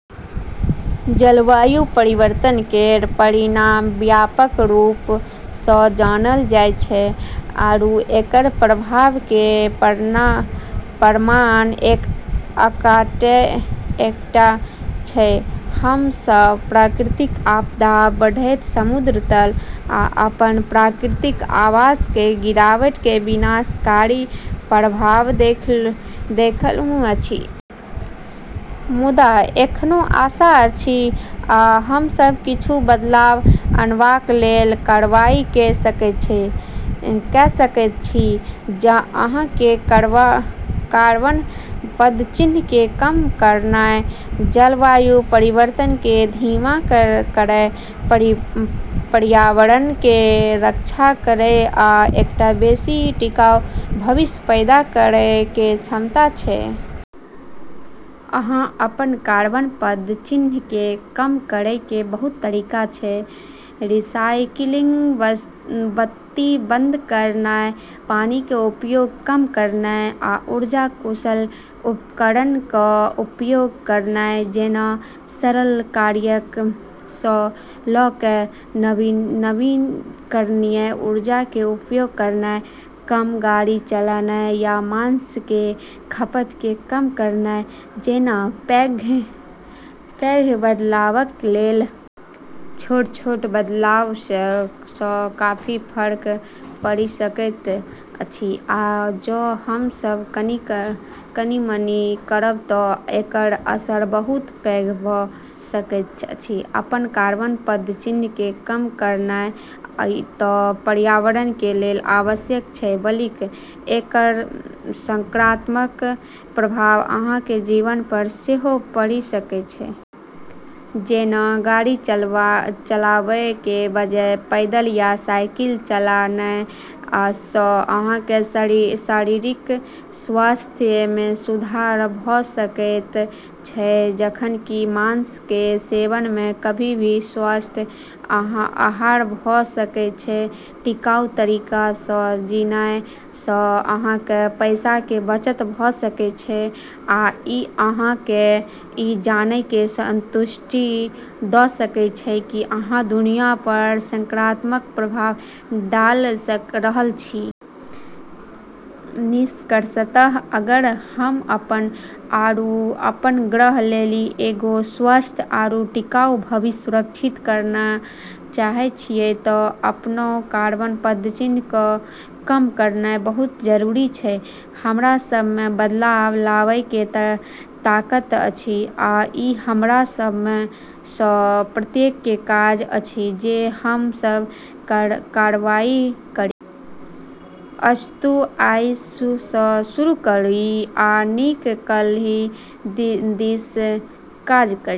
जलवायु परिवर्तन केर परिणाम व्यापक रूप स जानल जाय छै, आरू एकर प्रभाव के प्रमाण अकाट्य छै। हम सब प्राकृतिक आपदा, बढ़ैत समुद्र तल, आ अपन प्राकृतिक आवास के गिरावट के विनाशकारी प्रभाव देखलहुं अछि। मुदा एखनो आशा अछि, आ हम सब किछु बदलाव अनबाक लेल कार्रवाई क सकैत छी। अहां के कार्बन पदचिह्न के कम करनाय जलवायु परिवर्तन के धीमा करय, पर्यावरण के रक्षा करय आ एकटा बेसि टिकाऊ भविष्य पैदा करय के क्षमता छै। अहां अपन कार्बन पदचिह्न के कम करय के बहुत तरीका छै, रिसाइकिलिंग, बत्ती बंद करनाय, पानी के उपयोग के कम करनाय, आ ऊर्जा-कुशल उपकरणक के उपयोग करनाय जैना सरल कार्यक सं ल क नवीकरणीय ऊर्जा के उपयोग करनाय, कम गाड़ी चलानाय, या मांस के खपत के कम करनाय जैना पैघ बदलावक के लेल। छोट-छोट बदलाव स काफी फर्क पड़ि सकैत अछि, आ जौं हम सब कनि-मनि करब त एकर असर बहुत पैघ भ सकैत अछि। अपन कार्बन पदचिह्न के कम करनाय त पर्यावरण के लेल आवश्यक छै, बल्कि एकर सकारात्मक प्रभाव अहां के जीवन पर सेहो पड़ि सकय छै। जेना, गाड़ी चलाबय के बजाय पैदल या साइकिल चलानाय सं अहां के शारीरिक स्वास्थ्य मे सुधार भ सकएयत छै, जखन कि मांस के सेवन मे कमी सं स्वस्थ आहार भ सकएय छै। टिकाऊ तरीका सं जीनाय सं अहां के पैसा के बचत भ सकय छै, आ इ अहां के इ जानय के संतुष्टि द सकय छै कि अहां दुनिया पर सकारात्मक प्रभाव डाल रहल छी। निष्कर्षतः, अगर हम अपन आरू अपन ग्रह लेली एगो स्वस्थ आरू टिकाऊ भविष्य सुरक्षित करना चाहै छियै त आपनो कार्बन पदचिह्न क कम करना बहुत जरूरी छै। हमरा सब में बदलाव लाबय के ताकत अछि, आ ई हमरा सब में स प्रत्येक के काज अछि जे हम सब कार्रवाई करी। अस्तु, आइ सं शुरू करी आ नीक काल्हि दिस काज करी।